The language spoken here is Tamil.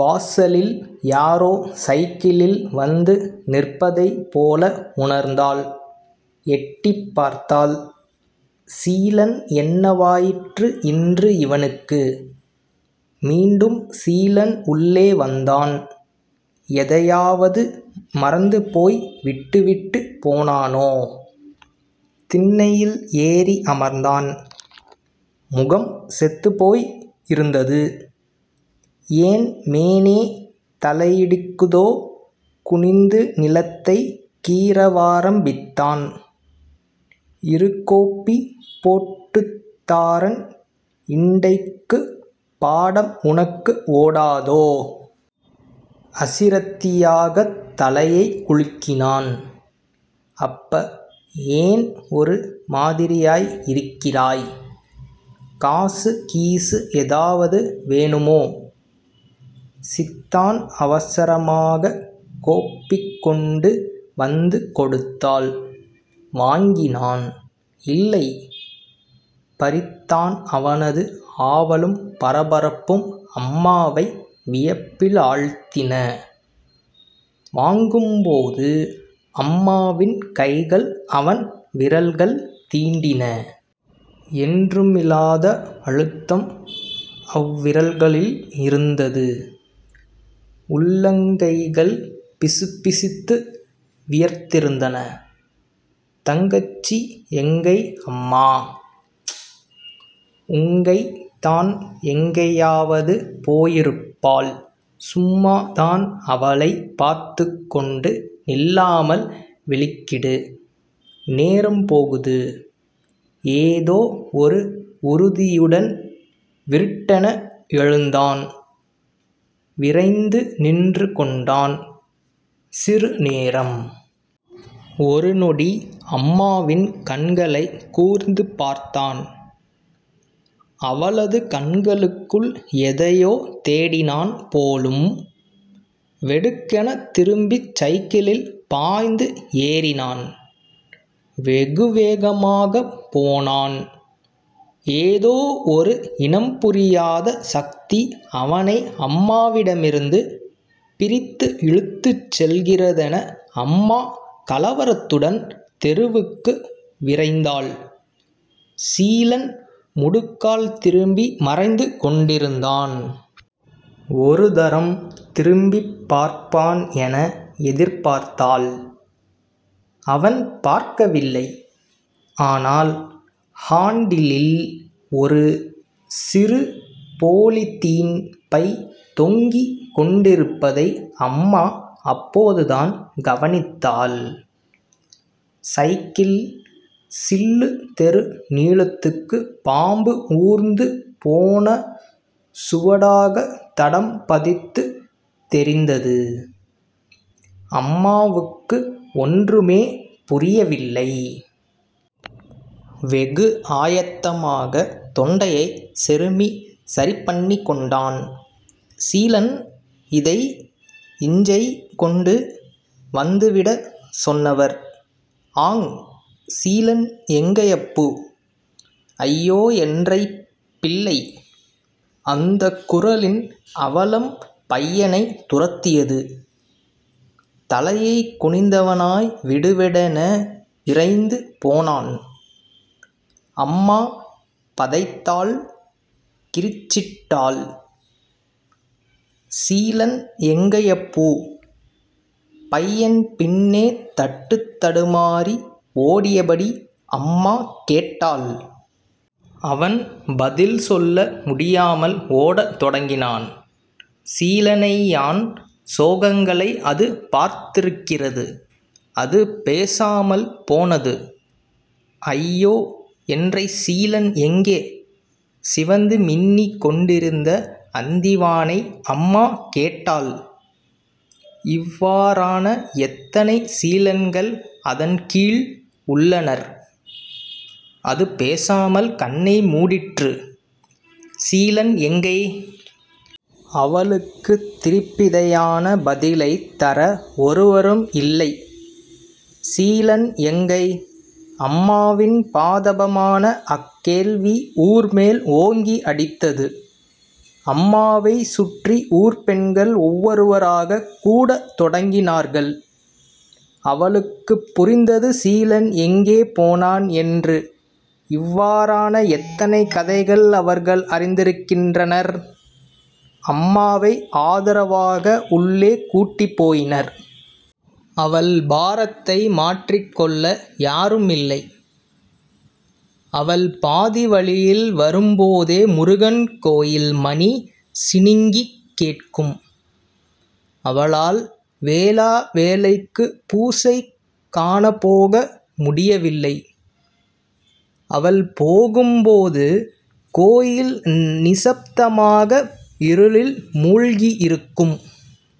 வாசலில் யாரோ சைக்கிளில் வந்து நிற்பதைப் போல உணர்ந்தாள். எட்டிப்பார்த்தாள். சீலன் என்னவாயிற்று இன்று இவனுக்கு? மீண்டும் சீலன் உள்ளே வந்தான். எதையாவது மறந்து போய் விட்டுவிட்டுப் போனானோ? திண்ணையில் ஏறி அமர்ந்தான். முகம் செத்துப்போய் இருந்தது. ஏன் மேனே தலையிடிக்குதோ குனிந்துநிலத்தை கீறவாரம்பித்தான். இரு கோப்பி போட்டுத் தாறன் இண்டைக்குப் பாடம் உனக்கு ஓடாதோ? அசிரத்தையாகத் தலையைக் குலுக்கினான். அப்ப ஏன் ஒரு மாதிரியாய் இருக்கிறாய்? காச கீசு ஏதாவது வேணுமோ? சித்தான் அவசரமாகக் கோப்பி கொண்டு வந்து கொடுத்தாள். வாங்கினான். இல்லை பறித்தான் அவனது ஆவலும் பரபரப்பும் அம்மாவை வியப்பிலாழ்த்தின. வாங்கும் போது அம்மாவின் கைகளை அவன் விரல்கள் தீண்டின. என்றுமில்லாத அழுத்தம் அவ்விரல்களில் இருந்தது. உள்ளங்கைகள் பிசுபிசுத்து வியர்த்திருந்தன. தங்கச்சி எங்கை அம்மா......? ப்ச்... உங்கை தான் எங்கையாவது போயிருப்பாள் சும்மா தான் அவளைப் பார்த்துக் கொண்டு நில்லாமல் வெளிக்கிடு.... நேரம் போகுது..... ஏதோ ஒரு உறுதியுடன் விருட்டென எழுந்தான். விறைந்து நின்று கொண்டான். சிறு நேரம். ஒரு நொடி அம்மாவின் கண்களைக் கூர்ந்து பார்த்தான். அவளது கண்களுக்குள் எதையோ தேடினான் போலும்! வெடுக்கெனத் திரும்பிச் சைக்களில் பாய்ந்து ஏறினான். வெகுவேகமாகப் போனான். ஏதோ ஒரு இனம்புரியாத சக்தி அவனை அம்மாவிடமிருந்து பிரித்து இழுத்துச் செல்கிறதென.... அம்மா கலவரத்துடன் தெருவுக்கு விரைந்தாள். சீலன் முடுக்கால் திரும்பி மறைந்து கொண்டிருந்தான். ஒரு தரம் திரும்பிப் பார்ப்பான் என எதிர்பார்த்தாள். அவன் பார்க்கவில்லை. ஆனால் ஹாண்டிலில் ஒரு சிறு பொலித்தீன் பை தொங்கிக் கொண்டிருப்பதை அம்மா அப்போதுதான் கவனித்தாள். சைக்கிள் சில்லு தெரு நீளத்துக்கு பாம்பு ஊர்ந்து போன சுவடாகத் தடம் பதித்துத் தெரிந்தது. அம்மாவுக்கு ஒன்றுமே புரியவில்லை. வெகு ஆயத்தமாக தொண்டையைச் செருமிச் சரிபண்ணிக் கொண்டான். சீலன்.... இதை... இஞ்சை கொண்டு வந்து விடச் சொன்னவர்...ஆங் சீலன் எங்கையப்பு...ஐயோஎன்ரை பிள்ளை... அந்தக் குரலின் அவலம் பையனைத் துரத்தியது. தலையைத் குனிந்தவனாய் விடுவிடென விரைந்து போனான். அம்மா பதைத்தாள் கிரிச்சிட்டாள். சீலன் எங்கையப்பு....பையன் பின்னே தட்டுத்தடுமாறி ஓடியபடி அம்மா கேட்டாள். அவன் பதில் சொல்ல முடியாமல் ஓடத் தொடங்கினான். சீலன்னையான் சோகங்களை அது பார்த்திருக்கிறது அது பேசாமல் போனது. ஐயோ, என்ரை சீலன் எங்கே..சிவந்து மின்னிக் கொண்டிருந்த அந்திவானை அம்மா கேட்டாள். இவ்வாறான எத்தனை சீலன்கள் அதன் கீழ் உள்ளனர். அது பேசாமல் கண்ணை மூடிற்று. சீலன் எங்கை? அவளுக்குத் திருப்பிதயான பதிலைத் தர ஒருவரும் இல்லை. சீலன் எங்கை? அம்மாவின் பாதாபமான அக்கேள்வி ஊர் மேல் ஓங்கி அடித்தது. அம்மாவைச் சுற்றி ஊர்ப்பெண்கள் ஒவ்வொருவராகக் கூடத் தொடங்கினார்கள். அவளுக்குப் புரிந்தது சீலன் எங்கே போனான் என்று இவ்வாறான எத்தனை கதைகள் அவர்கள் அறிந்திருக்கின்றனர். அம்மாவை ஆதரவாக உள்ளே கூட்டிப்போயினர். அவள் பாரத்தை மாற்றிக்கொள்ள யாருமில்லை. அவள் பாதி வழியில் வரும்போதே முருகன் கோயில் மணி சிணுங்கிக் கேட்கும். அவளால் வேளா வேளைக்கு பூசை காணப்போக முடியவில்லை. அவள் போகும்போது கோயில் நிசப்தமாக இருளில் மூழ்கி இருக்கும்.